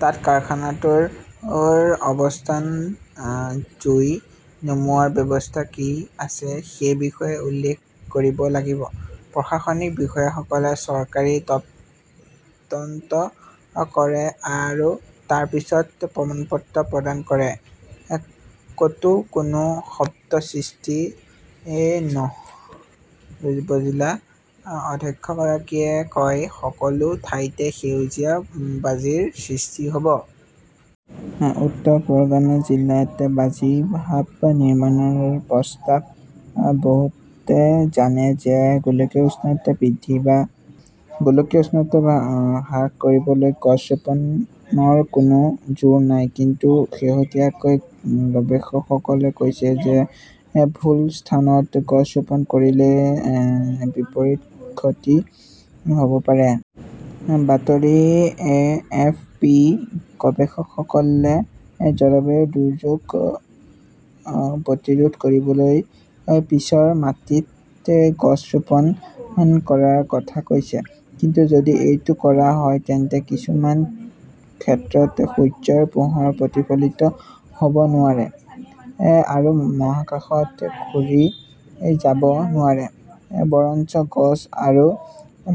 তাত কাৰখানাটোৰ অৱস্থান, জুই নুমুৱাৰ ব্যৱস্থা কি আছে সেই বিষয়ে উল্লেখ কৰিব লাগিব। প্ৰশাসনিক বিষয়াসকলে চৰকাৰী তদন্ত কৰে আৰু তাৰ পিছত প্ৰমাণপত্ৰ প্ৰদান কৰে। ক'তো কোনো শব্দ সৃষ্টি নহ'বজিলা অধ্যক্ষগৰাকীয়ে কয়। সকলো ঠাইতে সেউজীয়া বাজিৰ সৃষ্টি হ'ব। উত্তৰ পৰগনা জিলাত 'বাজি হাব নিৰ্মাণৰ প্ৰস্তাৱ বহুতে জানে যে গোলকীয় উষ্ণতা বৃদ্ধি বা গোলকীয় উষ্ণতা হ্ৰাস কৰিবলৈ গছ ৰোপণৰ কোনো যোৰ নাই। কিন্তু শেহতীয়াকৈ গৱেষকসকলে কৈছে যে ভুল স্থানত গছ ৰোপণ কৰিলে বিপৰীত ক্ষতি হ 'ব পাৰে। বাতৰি-এ. এফ. পি. -গৱেষকসকলে জলবায়ু দুৰ্যোগ প্ৰতিৰোধ কৰিবলৈ পিছৰ মাটিত গছ ৰোপণ কৰাৰ কথা কৈছে। কিন্তু যদি এইটো কৰা হয় তেন্তে কিছুমান ক্ষেত্ৰত সূৰ্য্যৰ পোহৰ প্ৰতিফলিত হ 'ব নোৱাৰে আৰু মহাকাশত ঘূৰি যাব নোৱাৰে, বৰঞ্চ গছ আৰু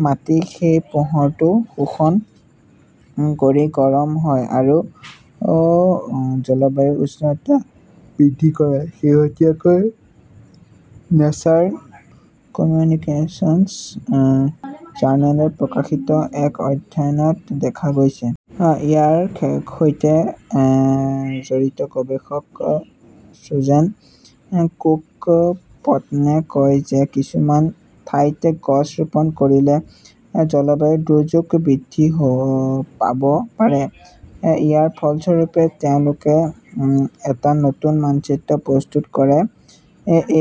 মাটি সেই পোহৰটো শোষণ কৰি গৰম হয় আৰু জলবায়ুৰ উষ্ণতা বৃদ্ধি কৰে, শেহতীয়াকৈ নেচাৰ কমিউনিকেচনছ জাৰ্নেলত প্ৰকাশিত এক অধ্যয়নত দেখা গৈছে। ইয়াৰ সৈতে জড়িত গৱেষক চুজেন কুক-পেটনে কয় যে কিছুমান ঠাইত গছ ৰোপণ কৰিলে জলবায়ু দুৰ্যোগ বৃদ্ধি পাব পাৰে। ইয়াৰ ফলস্বৰূপে তেওঁলোকে এটা নতুন মানচিত্ৰ প্ৰস্তুত কৰে।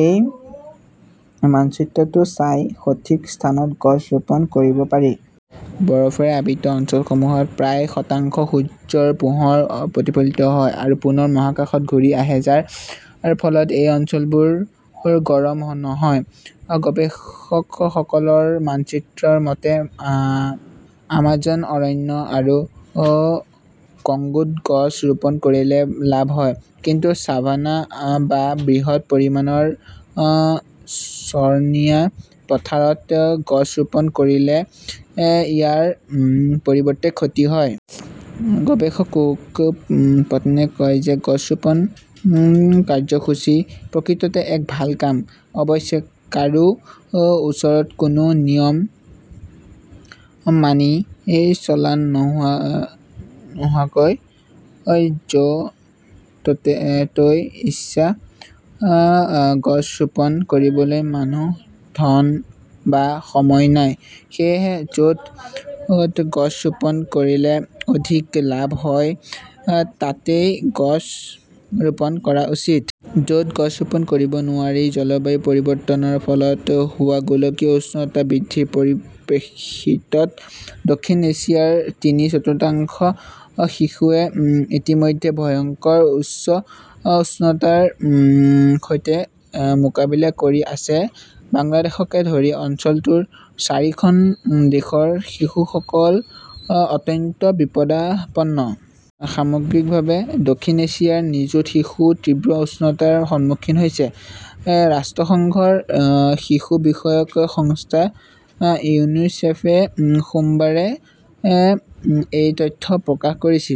এই মানচিত্ৰটো চাই সঠিক স্থানত গছ ৰোপণ কৰিব পাৰি। বৰফেৰে আবৃত অঞ্চলসমূহত প্ৰায় শতাংশ সূৰ্য্যৰ পোহৰ প্ৰতিফলিত হয় আৰু পুনৰ মহাকাশত ঘূৰি আহে, যাৰ ফলত এই অঞ্চলবোৰ গৰম নহয়। গৱেষকসকলৰ মানচিত্ৰৰ মতে, আমাজন অৰণ্য আৰু কংগোত গছ ৰোপণ কৰিলে লাভ হয়, কিন্তু ছাভানা বা বৃহৎ পৰিমাণৰ চৰণীয়া পথাৰত গছ ৰোপণ কৰিলে ইয়াৰ পৰিৱৰ্তে ক্ষতি হয়। গৱেষক কুক-পেটনে কয় যে গছ ৰোপণ কাৰ্যসূচী প্ৰকৃততে এক ভাল কাম। অৱশ্যে, কাৰো ওচৰত কোনো নিয়ম মানি চলা নোহোৱাকৈ য 'তেই ইচ্ছা গছ ৰোপণ কৰিবলৈ মানুহ, ধন বা সময় নাই। সেয়েহে, য 'ত গছ ৰোপণ কৰিলে অধিক লাভ হয় তাতেই গছ ৰোপণ কৰা উচিত। য 'ত গছ ৰোপণ কৰিব নোৱাৰি জলবায়ু পৰিৱৰ্তনৰ ফলত হোৱা গোলকীয় উষ্ণতা বৃদ্ধিৰ পৰিপ্ৰেক্ষিতত দক্ষিণ এছিয়াৰ তিনি-চতুৰ্থাংশ শিশুৱে ইতিমধ্যে ভয়ংকৰ উচ্চ উষ্ণতাৰ সৈতে মোকাবিলা কৰি আছে। বাংলাদেশকে ধৰি অঞ্চলটোৰ চাৰিখন দেশৰ শিশুসকল অত্যন্ত বিপদাপন্ন। সামগ্ৰিকভাৱে দক্ষিণ এছিয়াৰ নিযুত শিশু তীব্ৰ উষ্ণতাৰ সন্মুখীন হৈছে। ৰাষ্ট্ৰসংঘৰ শিশু বিষয়ক সংস্থা ইউনিচেফে সোমবাৰে এই তথ্য প্ৰকাশ কৰিছিল।